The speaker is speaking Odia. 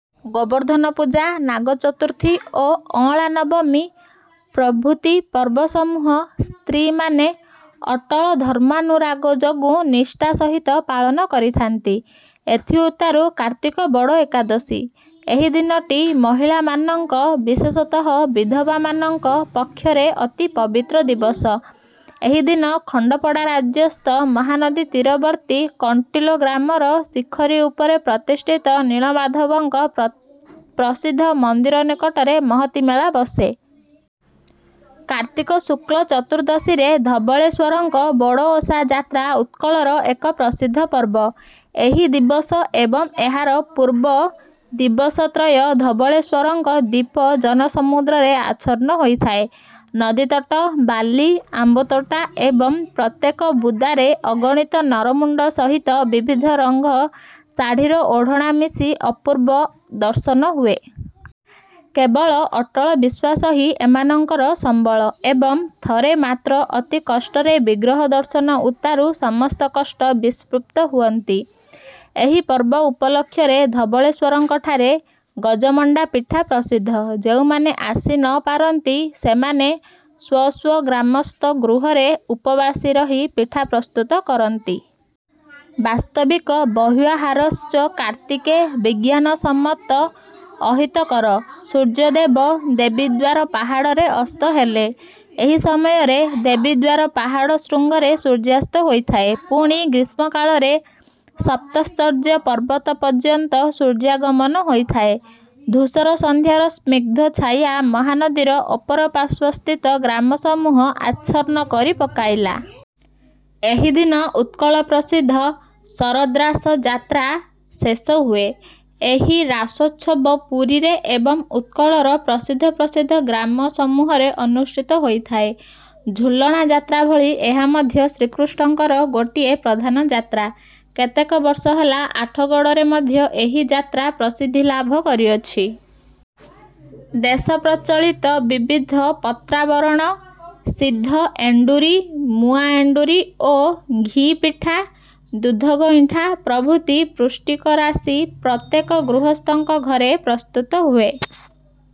ଗୋବର୍ଦ୍ଧନପୂଜା, ନାଗଚତୁର୍ଥୀ ଓ ଅଁଳାନବମୀ ପ୍ରଭୃତି ପର୍ବସମୂହ ସ୍ତ୍ରୀମାନେ ଅଟଳ ଧର୍ମାନୁରାଗ ଯୋଗୁଁ ନିଷ୍ଠା ସହିତ ପାଳନ କରିଥାନ୍ତି। ଏଥିଉତ୍ତାରୁ କାର୍ତ୍ତିକ ବଡ଼ ଏକାଦଶୀ। ଏହି ଦିନଟି ମହିଳାମାନଙ୍କ, ବିଶେଷତଃ ବିଧବାମାନଙ୍କ ପକ୍ଷରେ ଅତି ପବିତ୍ର ଦିବସ। ଏହି ଦିନ ଖଣ୍ଡପଡ଼ାରାଜ୍ୟସ୍ଥ ମହାନଦୀତୀରବର୍ତ୍ତୀ କଣ୍ଟିଲୋ ଗ୍ରାମର ଶିଖରୀ ଉପରେ ପ୍ରତିଷ୍ଠିତ ନୀଳମାଧବଙ୍କ ପ୍ର ପ୍ରସିଦ୍ଧ ମନ୍ଦିର ନିକଟରେ ମହତୀ ମେଳା ବସେ। କାର୍ତ୍ତିକ ଶୁକ୍ଳ ଚତୁର୍ଦଶୀରେ ଧବଳେଶ୍ୱରଙ୍କ ବଡ଼ଓଷା ଯାତ୍ରା ଉତ୍କଳର ଏକ ପ୍ରସିଦ୍ଧ ପର୍ବ। ଏହି ଦିବସ ଏବଂ ଏହାର ପୂର୍ବ ଦିବସତ୍ରୟ ଧବଳେଶ୍ୱର ଦ୍ୱୀପ ଜନସମୁଦ୍ରରେ ଆଚ୍ଛନ୍ନ ହୋଇଥାଏ। ନଦୀତଟ, ବାଲି, ଆମ୍ୱତୋଟା ଏବଂ ପ୍ରତ୍ୟେକ ବୁଦାରେ ଅଗଣିତ ନର ମୁଣ୍ଡ ସହିତ ବିବିଧ ରଙ୍ଗ ଶାଢ଼ୀର ଓଢ଼ଣା ମିଶି ଅପୂର୍ବ ଦର୍ଶନ ହୁଏ। କେବଳ ଅଟଳ ବିଶ୍ୱାସ ହିଁ ଏମାନଙ୍କର ସମ୍ୱଳ ଏବଂ ଥରେ ମାତ୍ର ଅତି କଷ୍ଟରେ ବିଗ୍ରହ ଦର୍ଶନ ଉତ୍ତାରୁ ସମସ୍ତ କଷ୍ଟ ବିସ୍ମୃତ ହୁଅନ୍ତି। ଏହି ପର୍ବ ଉପଲକ୍ଷରେ ଧବଳେଶ୍ୱରଙ୍କଠାରେ ଗଜମଣ୍ଡା ପିଠା ପ୍ରସିଦ୍ଧ। ଯେଉଁମାନେ ଆସି ନ ପାରନ୍ତି, ସେମାନେ ସ୍ୱ ସ୍ୱ ଗ୍ରାମସ୍ଥ ଗୃହରେ ଉପବାସୀ ରହି ପିଠା ପ୍ରସ୍ତୁତ କରନ୍ତି। ବାସ୍ତବିକ ବହ୍ୱାହାରଶ୍ଚ କାର୍ତ୍ତିକେ ବିଜ୍ଞାନସମ୍ମତ ଅହିତକର। ସୂର୍ଯ୍ୟଦେବ ଦେବୀଦ୍ୱାର ପାହାଡ଼ରେ ଅସ୍ତ ହେଲେ। ଏହି ସମୟରେ ଦେବୀଦ୍ୱାର ପାହାଡ଼ ଶୃଙ୍ଗରେ ସୂର୍ଯ୍ୟାସ୍ତ ହୋଇଥାଏ। ପୁଣି ଗ୍ରୀଷ୍ମକାଳରେ ସପ୍ତଶଯ୍ୟା ପର୍ବତ ପର୍ଯ୍ୟନ୍ତ ସୂର୍ଯ୍ୟାଗମନ ହୋଇଥାଏ। ଧୂସର ସନ୍ଧ୍ୟାର ସ୍ନିଗ୍ଧ ଛାୟା ମହାନଦୀର ଅପର ପାର୍ଶ୍ୱସ୍ଥିତ ଗ୍ରାମସମୂହ ଆଚ୍ଛନ୍ନ କରି ପକାଇଲା। ଏହି ଦିନ ଉତ୍କଳପ୍ରସିଦ୍ଧ ଶରଦ୍ରାସ ଯାତ୍ରା ଶେଷ ହୁଏ। ଏହି ରାସୋତ୍ସବ ପୁରୀରେ ଏବଂ ଉତ୍କଳର ପ୍ରସିଦ୍ଧ ପ୍ରସିଦ୍ଧ ଗ୍ରାମସମୂହରେ ଅନୁଷ୍ଠିତ ହୋଇଥାଏ। ଝୁଲଣା ଯାତ୍ରା ଭଳି ଏହା ମଧ୍ୟ ଶ୍ରୀକୃଷ୍ଣଙ୍କର ଗୋଟିଏ ପ୍ରଧାନ ଯାତ୍ରା। କେତେକ ବର୍ଷ ହେଲା ଆଠଗଡ଼ରେ ମଧ୍ୟ ଏହି ଯାତ୍ରା ପ୍ରସିଦ୍ଧି ଲାଭ କରିଅଛି। ଦେଶପ୍ରଚଳିତ ବିବିଧ ପତ୍ରାବରଣ ସିଦ୍ଧ ଏଣ୍ଡୁରି, ମୁଆଁ ଏଣ୍ଡୁରି ଓ ଘି ପିଠା, ଦୁଧଗଇଁଠା ପ୍ରଭୃତି ପୃଷ୍ଟକରାଶି ପ୍ରତ୍ୟେକ ଗୃହସ୍ଥଙ୍କ ଘରେ ପ୍ରସ୍ତୁତ ହୁଏ।